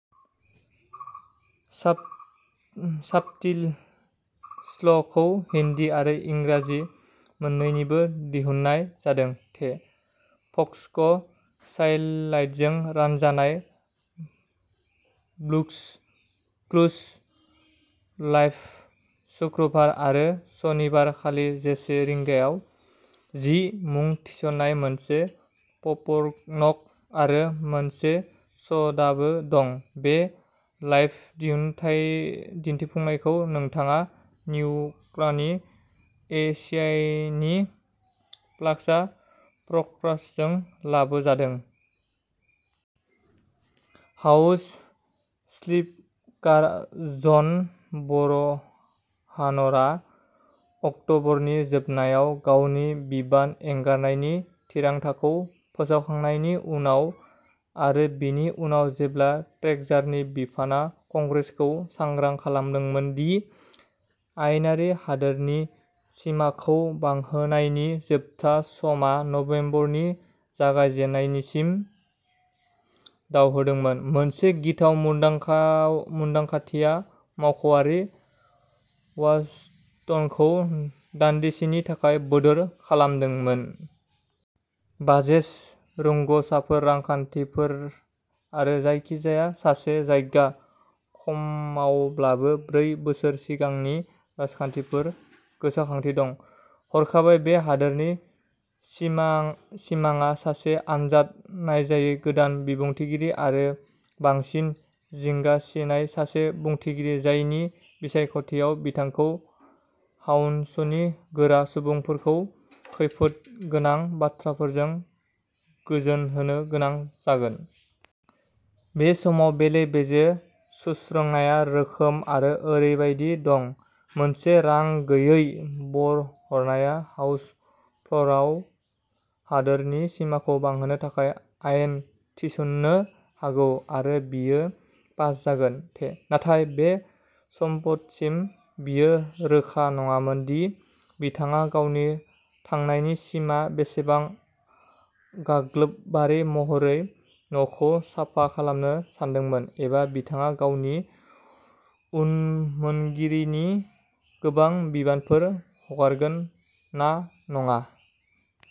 साब साबटि स्लखौ हिन्दी आरो इंराजि मोन्नैनिबो दिहुननाय जादों थे। फक्स सायेललाइटजों रानजानाय। "ब्लुक्स क्लुज लाइभ" शुक्रबार आरो सनिबार खालि जिसे रिंगायाव। जि मुं थिसनाय मोनसे पपरनक आरो मोनसे स'डाबो दं, बे लाइभ दिहुन्थाय दिन्थिफुंनायखौ नोंथाङा निउक्रानि एसियायनि प्लाकसा प्रकप्रासजों लाबोजादों। हाउस स्लिपकार जन ब'रहानरा अक्ट'बरनि जोबनायाव गावनि बिबान एंगारनायनि थिरांथाखौ फोसावखांनायनि उनाव, आरो बेनि उनाव जेब्ला ट्रेजारि बिफानआ कंग्रेसखौ सांग्रां खालामदोंमोन दि आयेनारि दाहारनि सिमाखौ बांहोनायनि जोबथा समआ नबेम्बरनि जागायजेन्नायनिसिम दावहोदोंमोन, मोनसे गिथाव मोनदांवखा मोन्दांखाथिया मावख'आरि वाशिंटनखौ दानदिसेनि थाखाय बोदोर खालामदोंमोन। बाजेस रोंग'साफोर, रांखान्थिफोर, आरो जायखिजाया सासे जायहा खमावब्लाबो ब्रै बोसोर सिगांनि राजखान्थिफोर गोसोखांथि दं, हरखाबै बे हादरनि सिमां सिमाङा सासे आनजाद नायजायै गोदान बिबुंथिगिरि-आरो, बांसिन जिंगा सिनाय, सासे बुंथिगिरि जायनि बिसायख'थियाव बिथांखौ हाउनसनि गोरा सुबुंफोरखौ खैफोदगोनां बाथ्राफोरजों गोजोनहोनो गोनां जागोन। बे समाव बेले-बेजे सुस्रांनाया रोखामोन, आरो ओरैबायदि दंः मोनसे रां गैयै ब'हनारआ हाउस फ्ल'रआव दाहारनि सिमाखौ बांहोनो थाखाय आयेन थिसन्नो हागौ, आरो बेयो पास जागोन थे। नाथाय बे सम्पदसिम बेयो रोखा नङामोन दि बिथाङा गावनि थांनायनि सिगां बेसेबां गाग्लोबारि महरै न'खौ साफा खालामनो सानदोंमोन, एबा बिथाङा गावनि उनमोनगिरिनि गोबां बिबानफोर हगारगोन ना नङा।